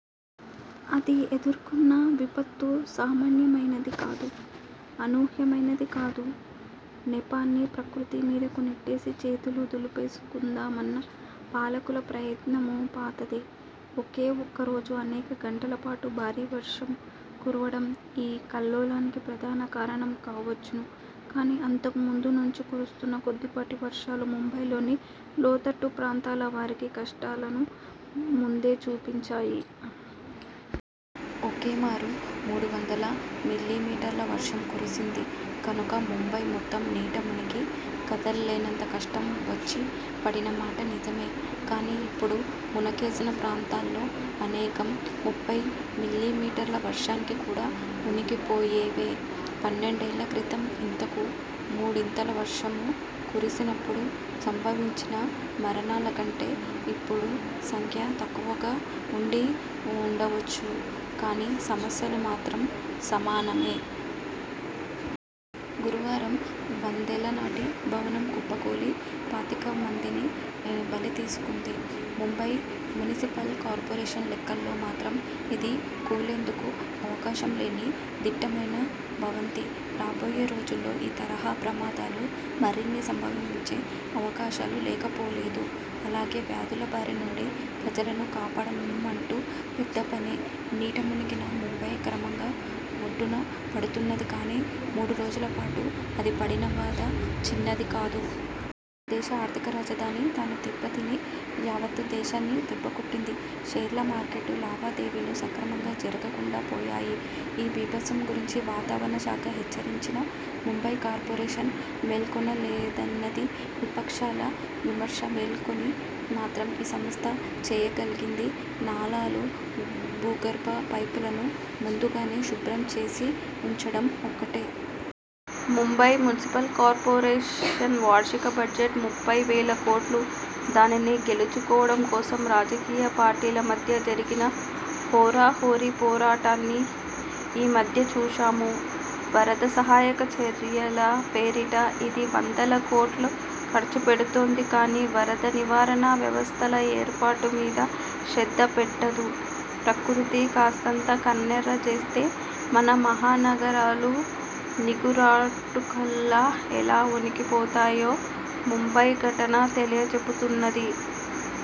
అది ఎదుర్కొన్న విపత్తు సామాన్యమైనదీ కాదు, అనూహ్యమైనదీ కాదు. నెపాన్ని ప్రకృతి మీదకు నెట్టేసి చేతులు దులిపేసుకుందామన్న పాలకుల ప్రయత్నమూ పాతదే. ఒకే ఒక్కరోజు అనేక గంటలపాటు భారీ వర్షం కురవడం ఈ కల్లోలానికి ప్రధాన కారణం కావచ్చును కానీ, అంతకుముందు నుంచీ కురుస్తున్న కొద్దిపాటి వర్షాలు ముంబైలోని లోతట్టుప్రాంతాల వారికి కష్టాలను ముందే చూపించాయి. ఒకేమారు మూడువందల మిల్లీమీటర్ల వర్షం కురిసింది కనుక ముంబై మొత్తం నీటమునిగి, కదల్లేనంత కష్టం వచ్చిపడినమాట నిజమే కానీ, ఇప్పుడు మునకేసిన ప్రాంతాల్లో అనేకం ముప్పై మిల్లీమీటర్ల వర్షానికి కూడా వొణికిపోయేవే. పన్నెండేళ్ళ క్రితం ఇంతకు మూడింతల వర్షం కురిసినప్పుడు సంభవించిన మరణాల కంటే ఇప్పుడు సంఖ్య తక్కువగా ఉండివుండవచ్చు కానీ, సమస్యలు మాత్రం సమానమే. గురువారం వందేళ్ళనాటి భవనం కుప్పకూలి పాతికమందిని బలితీసుకుంది. ముంబై మునిసిపల్ కార్పొరేషన్ లెక్కల్లో మాత్రం ఇది కూలేందుకు అవకాశంలేని దిట్టమైన భవంతి. రాబోయే రోజుల్లో ఈ తరహా ప్రమాదాలు మరిన్ని సంభవించే అవకాశాలు లేకపోలేదు. అలాగే, వ్యాధుల బారినుండి ప్రజలను కాపాడటమూంటు పెద్దపనే. నీటమునిగిన ముంబై క్రమంగా ఒడ్డునపడుతున్నది కానీ, మూడురోజుల పాటు అది పడిన బాధ చిన్నది కాదు. దేశ ఆర్థిక రాజధాని తాను దెబ్బతిని యావత్ దేశాన్ని దెబ్బకొట్టింది. షేర్లమార్కెట్ లావాదేవీలు సక్రమంగా జరగకుండా పోయాయి. ఈ బీభత్సం గురించి వాతావరణ శాఖ హెచ్చరించినా ముంబై కార్పొరేషన్ మేల్కొనలేదన్నది విపక్షాల విమర్శ. మేల్కొని మాత్రం ఆ సంస్థ చేయగలిగింది నాలాలు, భూగర్భ పైపులను ముందుగానే శుభ్రం చేసివుంచడం ఒక్కటే. ముంబై మునిసిపల్ కార్పొరేషన్ వార్షిక బడ్జెట్ ముప్పైవేల కోట్లు. దానిని గెలుచుకోవడం కోసం రాజకీయపార్టీల మధ్య జరిగిన హోరాహోరీ పోరాటాన్ని ఈ మధ్య చూశాం. వరదసహాయక చర్యల పేరిట ఇది వందలకోట్లు ఖర్చుపెడుతుంది కానీ, వరద నివారణ వ్యవస్థల ఏర్పాటుమీద శ్రద్ధపెట్టదు. ప్రకృతి కాస్తంత కన్నెర్రచేస్తే మన మహానగరాలు చిగురాటుకుల్లా ఎలా వొణికిపోతాయో ముంబై ఘటన తెలియచెబుతున్నది.